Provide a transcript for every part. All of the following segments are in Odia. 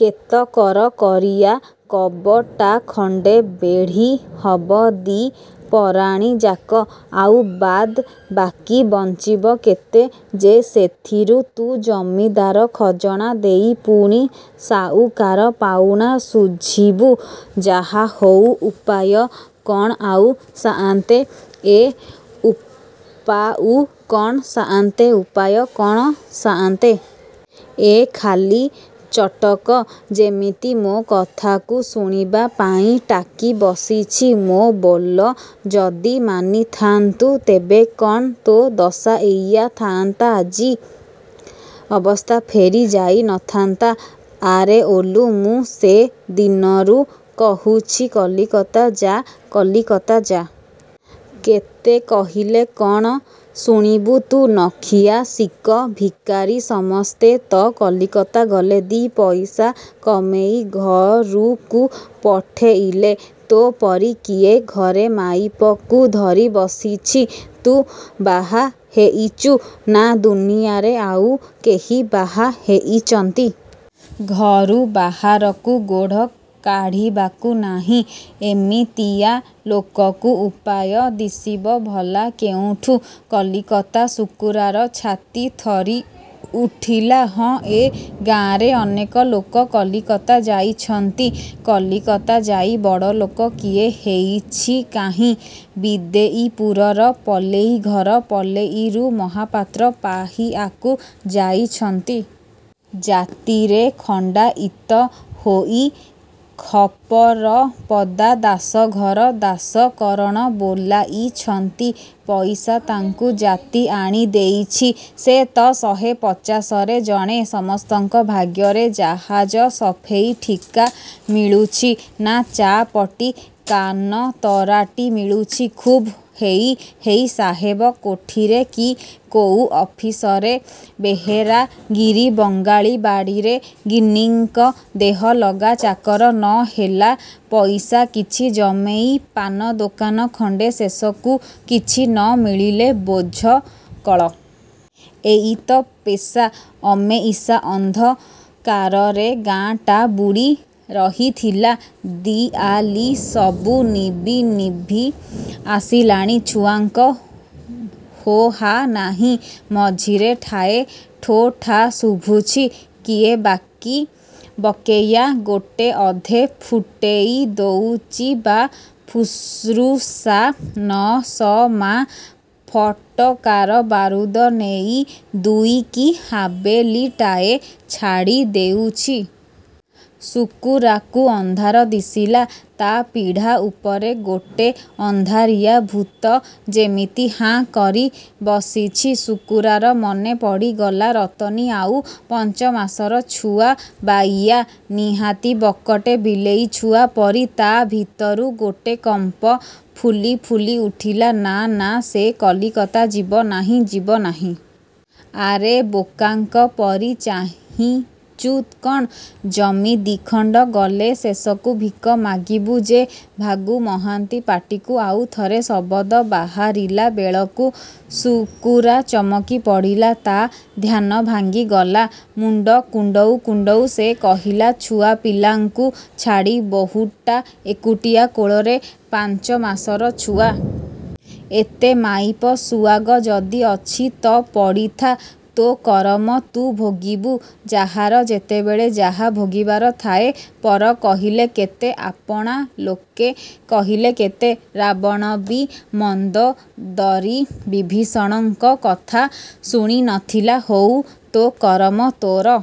କେତକର କରିଆ କବଟା ଖଣ୍ଡେ ବେଢ଼ି ହବ ଦି' ପରାଣୀ ଯାକ। ଆଉ ବାଦ୍ ବାକି ବଞ୍ଚିବ କେତେ ଯେ ସେଥିରୁ ତୁ ଜମିଦାର ଖଜଣା ଦେଇ ପୁଣି ସାଉକାର ପାଉଣା ଶୁଝିବୁ। '' ''ଯାହାହଉ ଉପାୟ କ'ଣ ଆଉ ସାଆନ୍ତେ! '' ''ଏଃ ଉପାଉ କ'ଣ ସାଆନ୍ତେ ଉପାୟ କ'ଣ ସାଆନ୍ତେ! ଏ ଖାଲି ଚଟକ। ଯେମିତି ମୋ କଥାକୁ ଶୁଣିବାପାଇଁ ଟାକି ବସିଛି। ମୋ ବୋଲ ଯଦି ମାନିଥାନ୍ତୁ ତେବେ କଣ ତୋ ଦଶା ଏଇଆ ଥାଆନ୍ତା ଆଜି? ଅବସ୍ଥା ଫେରିଯାଇ ନଥାନ୍ତା। ଆରେ ଓଲୁ, ମୁଁ ସେ ଦିନରୁ କହୁଛି କଲିକତା ଯା କଲିକତା ଯା! କେତେ କହିଲେ କଣ ଶୁଣିବୁ ତୁ। ନଖିଆ, ଶିକ, ଭିକାରି, ସମସ୍ତେ ତ କଲିକତା ଗଲେ। ଦି ପଇସା କମେଇ ଘରୁକୁ ପଠେଇଲେ। ତୋ ପରି କିଏ ଘରେ ମାଇପକୁ ଧରି ବସିଛି। ତୁ ବାହା ହେଇଚୁ ନା ଦୁନିଆରେ ଆଉ କେହି ବାହା ହେଇଚନ୍ତି? ଘରୁ ବାହାରକୁ ଗୋଡ଼ କାଢ଼ିବାକୁ ନାହିଁ। ଏମିତିଆ ଲୋକକୁ ଉପାୟ ଦିଶିବ ଭଲା କେଉଁଠୁ? କଲିକତା! ଶୁକୁରାର ଛାତି ଥରି ଉଠିଲା। ହଁ, ଏ ଗାଁରେ ଅନେକ ଲୋକ କଲିକତା ଯାଇଛନ୍ତି। କଲିକତା ଯାଇ ବଡ଼ ଲୋକ କିଏ ହେଇଛି କାହିଁ? ବିଦେଇପୁରର ପଲେଇ ଘର ପଲେଇରୁ ମହାପାତ୍ର ପାହିଆକୁ ଯାଇଛନ୍ତି! ଜାତିରେ ଖଣ୍ଡାଇତ ହୋଇ ଖପରପଦା ଦାସ ଘର ଦାସ କରଣ ବୋଲାଇଛନ୍ତି। ପଇସା ତାଙ୍କୁ ଜାତି ଆଣି ଦେଇଛି। ସେ ତ ଶହେ ପଚାଶରେ ଜଣେ। ସମସ୍ତଙ୍କ ଭାଗ୍ୟରେ ଜାହାଜ ସଫେଇ ଠିକା ମିଳୁଛି, ନା ଚା ପଟି କାନତରାଟି ମିଳୁଛି? ଖୁବ୍ ହେଇ ହେଇ ସାହେବ କୋଠିରେ କି କୋଉ ଅଫିସରେ ବେହେରାଗିରି, ବଙ୍ଗାଳୀ ବାଡ଼ିରେ ଗିନ୍ନୀଙ୍କ ଦେହଲଗା ଚାକର, ନହେଲା ପଇସା କିଛି ଜମେଇ ପାନ ଦୋକାନ ଖଣ୍ଡେ ଶେଷକୁ କିଛି ନ ମିଳିଲେ ବୋଝ କଳ। ଏହିତ ପେଷା। ଅମେଇସା ଅନ୍ଧକାରରେ ଗାଁଟା ବୁଡ଼ି ରହିଥିଲା। ଦିଆଲି ସବୁ ନିବି ନିଭି ଆସିଲାଣି। ଛୁଆଙ୍କ ହୋହା ନାହିଁ। ମଝିରେ ଠାଏ ଠୋଠା ଶୁଭୁଛି। କିଏ ବାକି ବକେୟା ଗୋଟେ ଅଧେ ଫୁଟେଇ ଦଉଚି ବା ଫୁସ୍ରୁସା ନସମା ଫଟକାର ବାରୁଦ ନେଇ ଦୁଇ କି ହାବେଳିଟାଏ ଛାଡ଼ି ଦେଉଛି । ଶୁକୁରାକୁ ଅନ୍ଧାର ଦିଶିଲା। ତା' ପିଢ଼ା ଉପରେ ଗୋଟେ ଅନ୍ଧାରିଆ ଭୂତ ଯେମିତି ହାଁ କରି ବସିଛି। ଶୁକୁରାର ମନେ ପଡ଼ିଗଲା ରତନୀ ଆଉ ପଞ୍ଚମାସର ଛୁଆ ବାଇୟା। ନିହାତି ବକଟେ ବିଲେଇ ଛୁଆପରି। ତା ଭିତରୁ ଗୋଟେ କମ୍ପ ଫୁଲି ଫୁଲି ଉଠିଲା। ନା ନା ସେ କଲିକତା ଯିବନାହିଁ ଯିବନାହିଁ। 'ଆରେ ବୋକାଙ୍କ ପରି ଚାହିଁଚୁ କଣ? ଜମି ଦିଖଣ୍ଡ ଗଲେ ଶେଷକୁ ଭିକ ମାଗିବୁ ଯେ। ଭାଗୁ ମହାନ୍ତି ପାଟିକୁ ଆଉ ଥରେ ଶବଦ ବାହାରିଲା ବେଳକୁ ଶୁକୁରା ଚମକି ପଡ଼ିଲା। ତା ଧ୍ୟାନ ଭାଙ୍ଗିଗଲା। ମୁଣ୍ଡ କୁଣ୍ଡଉ କୁଣ୍ଡଉ ସେ କହିଲା ଛୁଆପିଲାଙ୍କୁ ଛାଡ଼ି ବହୂଟା ଏକୁଟିଆ କୋଳରେ ପାଞ୍ଚମାସର ଛୁଆ। ଏତେ ମାଇପ ସୁଆଗ ଯଦି ଅଛି ତ ପଡ଼ିଥା। ତୋ କରମ ତୁ ଭୋଗିବୁ। ଯାହାର ଯେତେବେଳେ ଯାହା ଭୋଗିବାର ଥାଏ, ପର କହିଲେ କେତେ, ଆପଣା ଲୋକେ କହିଲେ କେତେ। ରାବଣବି ମନ୍ଦୋଦରୀ ବିଭୀଷଣଙ୍କ କଥା ଶୁଣି ନଥିଲା। ହଉ ତୋ କରମ ତୋର।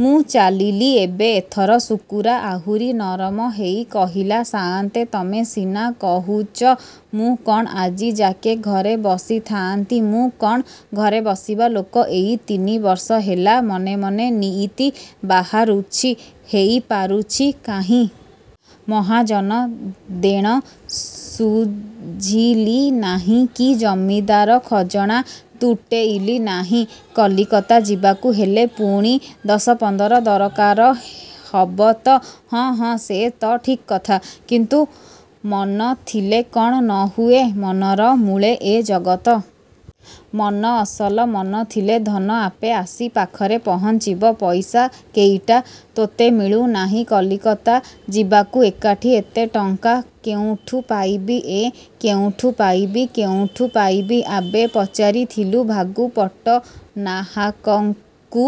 ମୁଁ ଚାଲିଲି ଏବେ। ଏଥର ଶୁକୁରା ଆହୁରି ନରମ ହେଇ କହିଲା ସାଆନ୍ତେ ତମେ ସିନା କହୁଚ, ମୁଁ କଣ ଆଜିଯାକେ ଘରେ ବସି ଥାଆନ୍ତି। ମୁଁ କଣ ଘରେ ବସିବା ଲୋକ? ଏଇ ତିନିବର୍ଷ ହେଲା, ମନେ ମନେ ନିଇତି ବାହାରୁଛି। ହେଇ ପାରୁଛି କାହିଁ! ମହାଜନ ଦେଣ ଶୁଝିଲି ନାହିଁ କି ଜମିଦାର ଖଜଣା ତୁଟେଇଲି ନାହିଁ। କଲିକତା ଯିବାକୁ ହେଲେ ପୁଣି ଦଶ ପନ୍ଦର ଦରକାର ହବ ତ! ହଁ, ହଁ ସେ ତ ଠିକ୍ କଥା। କିନ୍ତୁ ମନ ଥିଲେ କଣ ନ ହୁଏ। ମନର ମୂଳେ ଏ ଜଗତ। ମନ ଅସଲ। ମନ ଥିଲେ ଧନ ଆପେ ଆସି ପାଖରେ ପହଞ୍ଚିବ। ପଇସା କେଇଟା ତୋତେ ମିଳୁ ନାହିଁ କଲିକତା ଯିବାକୁ? ଏକାଠି, ଏତେ ଟଙ୍କା କେଉଁଠୁ ପାଇବି? ଏଁ କେଉଁଠୁ ପାଇବି କେଉଁଠୁ ପାଇବି। ଆବେ ପଚାରିଥିଲୁ ଭାଗୁ ପଟ୍ଟନାହାକକୁ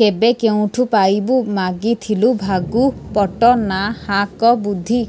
କେବେ? କେଉଁଠୁ ପାଇବୁ? ମାଗିଥିଲୁ ଭାଗୁ ପଟ୍ଟନାହାକ ବୁଦ୍ଧି!